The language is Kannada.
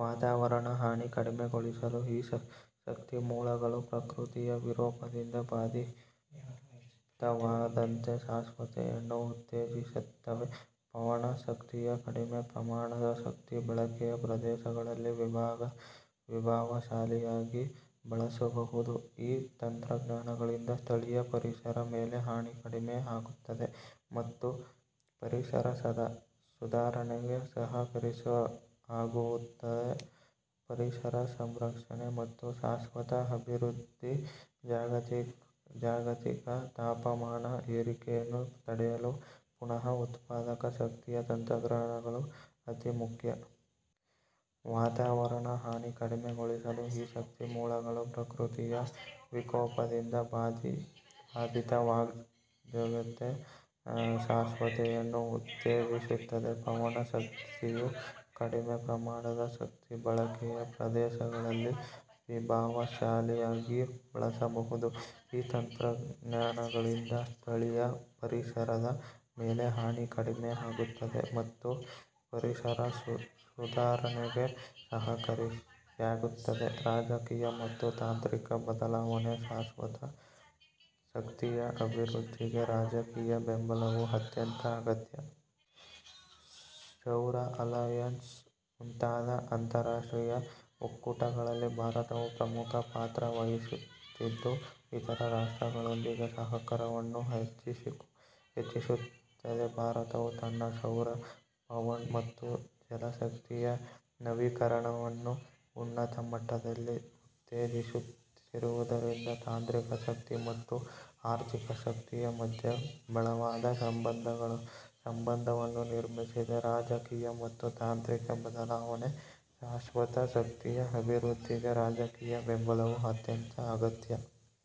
ವಾತಾವರಣದ ಹಾನಿ ಕಡಿಮೆಗೊಳಿಸುವ ಈ ಶಕ್ತಿಮೂಲಗಳು, ಪ್ರಕೃತಿಯ ವಿಕೋಪದಿಂದ ಬಾಧಿತವಾಗದಂತೆ ಶಾಶ್ವತತೆಯನ್ನು ಉತ್ತೇಜಿಸುತ್ತವೆ. ಪವನ ಶಕ್ತಿಯು ಕಡಿಮೆ ಪ್ರಮಾಣದ ಶಕ್ತಿ ಬಳಕೆಯ ಪ್ರದೇಶಗಳಲ್ಲಿ ಪ್ರಭಾವಶಾಲಿಯಾಗಿ ಬಳಸಬಹುದು. ಈ ತಂತ್ರಜ್ಞಾನಗಳಿಂದ ಸ್ಥಳೀಯ ಪರಿಸರದ ಮೇಲೆ ಹಾನಿ ಕಡಿಮೆ ಆಗುತ್ತದೆ, ಮತ್ತು ಪರಿಸರ ಸುಧಾರಣೆಗೆ ಸಹಕಾರಿಯಾಗುತ್ತದೆ. ಪರಿಸರ ಸಂರಕ್ಷಣೆ ಮತ್ತು ಶಾಶ್ವತ ಅಭಿವೃದ್ಧಿ ಜಾಗತಿಕ ತಾಪಮಾನ ಏರಿಕೆಯನ್ನು ತಡೆಯಲು ಪುನಃಉತ್ಪಾದಕ ಶಕ್ತಿಯ ತಂತ್ರಜ್ಞಾನಗಳು ಅತಿ ಮುಖ್ಯ. ವಾತಾವರಣದ ಹಾನಿ ಕಡಿಮೆಗೊಳಿಸುವ ಈ ಶಕ್ತಿಮೂಲಗಳು, ಪ್ರಕೃತಿಯ ವಿಕೋಪದಿಂದ ಬಾಧಿತವಾಗದಂತೆ ಶಾಶ್ವತತೆಯನ್ನು ಉತ್ತೇಜಿಸುತ್ತವೆ. ಪವನ ಶಕ್ತಿಯು ಕಡಿಮೆ ಪ್ರಮಾಣದ ಶಕ್ತಿ ಬಳಕೆಯ ಪ್ರದೇಶಗಳಲ್ಲಿ ಪ್ರಭಾವಶಾಲಿಯಾಗಿ ಬಳಸಬಹುದು. ಈ ತಂತ್ರಜ್ಞಾನಗಳಿಂದ ಸ್ಥಳೀಯ ಪರಿಸರದ ಮೇಲೆ ಹಾನಿ ಕಡಿಮೆ ಆಗುತ್ತದೆ, ಮತ್ತು ಪರಿಸರ ಸುಧಾರಣೆಗೆ ಸಹಕಾರಿಯಾಗುತ್ತದೆ. ರಾಜಕೀಯ ಮತ್ತು ತಾಂತ್ರಿಕ ಬದಲಾವಣೆ ಶಾಶ್ವತ ಶಕ್ತಿಯ ಅಭಿವೃದ್ಧಿಗೆ ರಾಜಕೀಯ ಬೆಂಬಲವು ಅತ್ಯಂತ ಅಗತ್ಯ. ಸೌರ ಅಲಯನ್ಸ್ ಮುಂತಾದ ಅಂತರಾಷ್ಟ್ರೀಯ ಒಕ್ಕೂಟಗಳಲ್ಲಿ ಭಾರತವು ಪ್ರಮುಖ ಪಾತ್ರ ವಹಿಸುತ್ತಿದ್ದು, ಇತರ ರಾಷ್ಟ್ರಗಳೊಂದಿಗೆ ಸಹಕಾರವನ್ನು ಹೆಚ್ಚಿಸುತ್ತಿದೆ. ಭಾರತವು ತನ್ನ ಸೌರ, ಪವನ್, ಮತ್ತು ಜಲಶಕ್ತಿಯ ನವೀಕರಣವನ್ನು ಉನ್ನತ ಮಟ್ಟದಲ್ಲಿ ಉತ್ತೇಜಿಸುತ್ತಿರುವುದರಿಂದ, ತಾಂತ್ರಿಕ ಶಕ್ತಿ ಮತ್ತು ಆರ್ಥಿಕ ಶಕ್ತಿಯ ಮಧ್ಯೆ ಬಲವಾದ ಸಂಬಂಧವನ್ನು ನಿರ್ಮಿಸಿದೆ. ರಾಜಕೀಯ ಮತ್ತು ತಾಂತ್ರಿಕ ಬದಲಾವಣೆ ಶಾಶ್ವತ ಶಕ್ತಿಯ ಅಭಿವೃದ್ಧಿಗೆ ರಾಜಕೀಯ ಬೆಂಬಲವು ಅತ್ಯಂತ ಅಗತ್ಯ.